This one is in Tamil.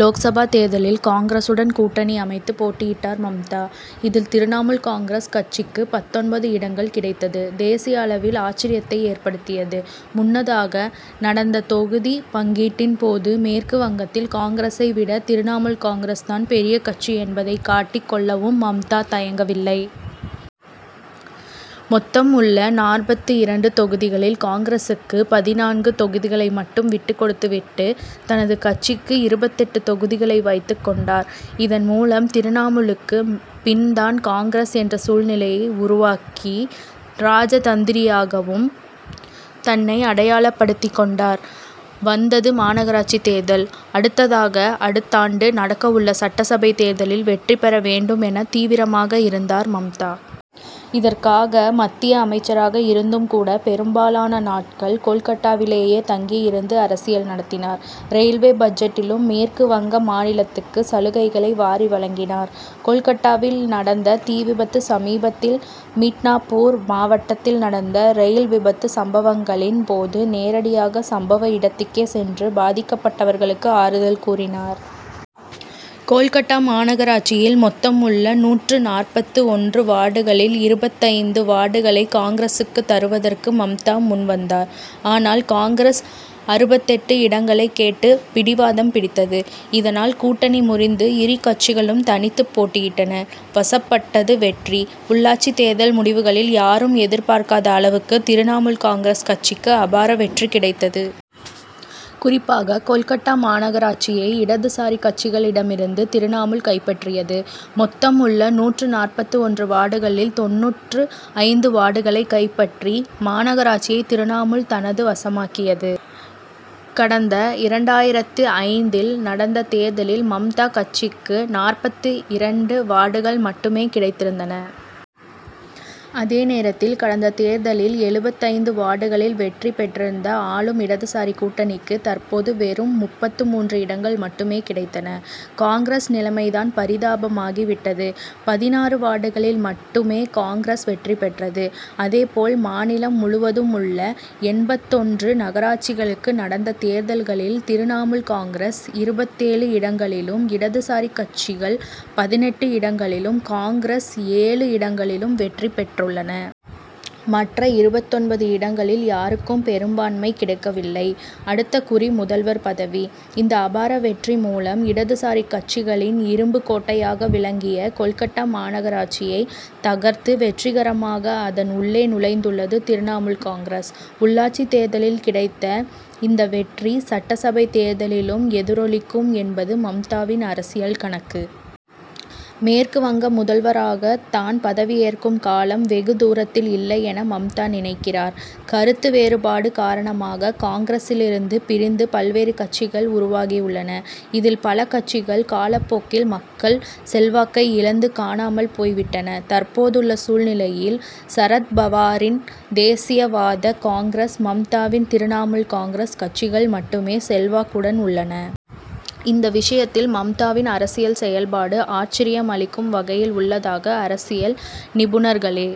லோக்சபா தேர்தலில் காங்கிரசுடன் கூட்டணி அமைத்து போட்டியிட்டார் மம்தா. இதில் திரிணமுல் காங்கிரஸ் கட்சிக்கு பத்தொன்பது இடங்கள் கிடைத்தது தேசிய அளவில் ஆச்சர்யத்தை ஏற்படுத்தியது. முன்னதாக நடந்த தொகுதி பங்கீட்டின்போது மேற்கு வங்கத்தில் காங்கிரசை விட திரிணமுல் காங்கிரஸ் தான் பெரிய கட்சி என்பதை காட்டிக் கொள்ளவும் மம்தா தயங்கவில்லை. மொத்தம் உள்ள நாற்பத்து இரண்டு தொகுதிகளில் காங்கிரசுக்கு பதினான்கு தொகுதிகளை மட்டும் விட்டுகொடுத்து விட்டு தனது கட்சிக்கு இருபத்தெட்டு தொகுதிகளை வைத்துக் கொண்டார். இதன்மூலம் திரிணமுலுக்கு பின் தான் காங்கிரஸ் என்ற சூழ்நிலையை உருவாக்கி ராஜதந்திரியாகவும் தன்னை அடையாளப்படுத்தி கொண்டார். வந்தது மாநகராட்சி தேர்தல்: அடுத்ததாக அடுத்தாண்டு நடக்கவுள்ள சட்டசபை தேர்தலில் வெற்றி பெற வேண்டுமென தீவிரமாக இருந்தார் மம்தா. இதற்காக மத்திய அமைச்சராக இருந்தும் கூட பெரும்பாலான நாட்கள் கோல்கட்டாவிலேயே தங்கியிருந்து அரசியல் நடத்தினார். ரயில்வே பட்ஜெட்டிலும் மேற்கு வங்க மாநிலத்துக்கு சலுகைகளை வாரி வழங்கினார். கோல்கட்டாவில் நடந்த தீ விபத்து சமீபத்தில் மிட்னாபூர் மாவட்டத்தில் நடந்த ரயில் விபத்து சம்பவங்களின் போது நேரடியாக சம்பவ இடத்துக்கே சென்று பாதிக்கப்பட்டவர்களுக்கு ஆறுதல் கூறினார். கோல்கட்டா மாநகராட்சியில் மொத்தம் உள்ள நூற்று நாற்பத்து ஒன்று வார்டுகளில் இருபத்தைந்து வார்டுகளை காங்கிரசுக்கு தருவதற்கு மம்தா முன்வந்தார். ஆனால் காங்கிரஸ் அறுபத்தெட்டு இடங்களை கேட்டு பிடிவாதம் பிடித்தது. இதனால் கூட்டணி முறிந்து இரு கட்சிகளும் தனித்து போட்டியிட்டன. வசப்பட்டது வெற்றி: உள்ளாட்சி தேர்தல் முடிவுகளில் யாரும் எதிர்பார்க்காத அளவுக்கு திரிணமுல் காங்கிரஸ் கட்சிக்கு அபார வெற்றி கிடைத்தது. குறிப்பாக கோல்கட்டா மாநகராட்சியை இடதுசாரி கட்சிகளிகளிடமிருந்து திரிணமுல் கைப்பற்றியது. மொத்தம் உள்ள நூற்று நாற்பத்து ஒன்று வார்டுகளில் தொண்ணூற்று ஐந்து வார்டுகளை கைப்பற்றி மாநகராட்சியை திரிணமுல் தனது வசமாக்கியது. கடந்த இரண்டாயிரத்து ஐந்தில் நடந்த தேர்தலில் மம்தா கட்சிக்கு நாற்பத்து இரண்டு வார்டுகள் மட்டுமே கிடைத்திருந்தன. அதே நேரத்தில் கடந்த தேர்தலில் எழுபத்தைந்து வார்டுகளில் வெற்றி பெற்றிருந்த ஆளும் இடதுசாரி கூட்டணிக்கு தற்போது வெறும் முப்பத்து மூன்று இடங்கள் மட்டுமே கிடைத்தன. காங்கிரஸ் நிலைமை தான் பரிதாபமாகி விட்டது. பதினாறு வார்டுகளில் மட்டுமே காங்கிரஸ் வெற்றி பெற்றது. அதேபோல் மாநிலம் முழுவதும் உள்ள எண்பத்தொன்று நகராட்சிகளுக்கு நடந்த தேர்தல்களில் திரிணமுல் காங்கிரஸ் இருபத்தேழு இடங்களிலும் இடதுசாரி கட்சிகள் பதினெட்டு இடங்களிலும் காங்கிரஸ் ஏழு இடங்களிலும் வெற்றி பெற்றுள்ளன. மற்ற இருபத்தொன்பது இடங்களில் யாருக்கும் பெரும்பான்மை கிடைக்கவில்லை. அடுத்த குறி முதல்வர் பதவி: இந்த அபார வெற்றி மூலம் இடதுசாரி கட்சிகளின் இரும்புக் கோட்டையாக விளங்கிய கோல்கட்டா மாநகராட்சியை தகர்த்து வெற்றிகரமாக அதன் உள்ளே நுழைந்துள்ளது திரிணமுல் காங்கிரஸ். உள்ளாட்சி தேர்தலில் கிடைத்த இந்த வெற்றி சட்டசபை தேர்தலிலும் எதிரொலிக்கும் என்பது மம்தாவின் அரசியல் கணக்கு. மேற்கு வங்க முதல்வராக தான் பதவியேற்கும் காலம் வெகு தூரத்தில் இல்லையென மம்தா நினைக்கிறார். கருத்து வேறுபாடு காரணமாக காங்கிரசிலிருந்து பிரிந்து பல்வேறு கட்சிகள் உருவாகியுள்ளன. இதில் பல கட்சிகள் காலப்போக்கில் மக்கள் செல்வாக்கை இழந்து காணாமல் போய் விட்டன. தற்போதுள்ள சூழ்நிலையில் சரத்பவாரின் தேசியவாத காங்கிரஸ் மம்தாவின் திரிணமுல் காங்கிரஸ் கட்சிகள் மட்டுமே செல்வாக்குடன் உள்ளன. இந்த விஷயத்தில் மம்தாவின் அரசியல் செயல்பாடு ஆச்சர்யம் அளிக்கும் வகையில் உள்ளதாக அரசியல் நிபுணர்களே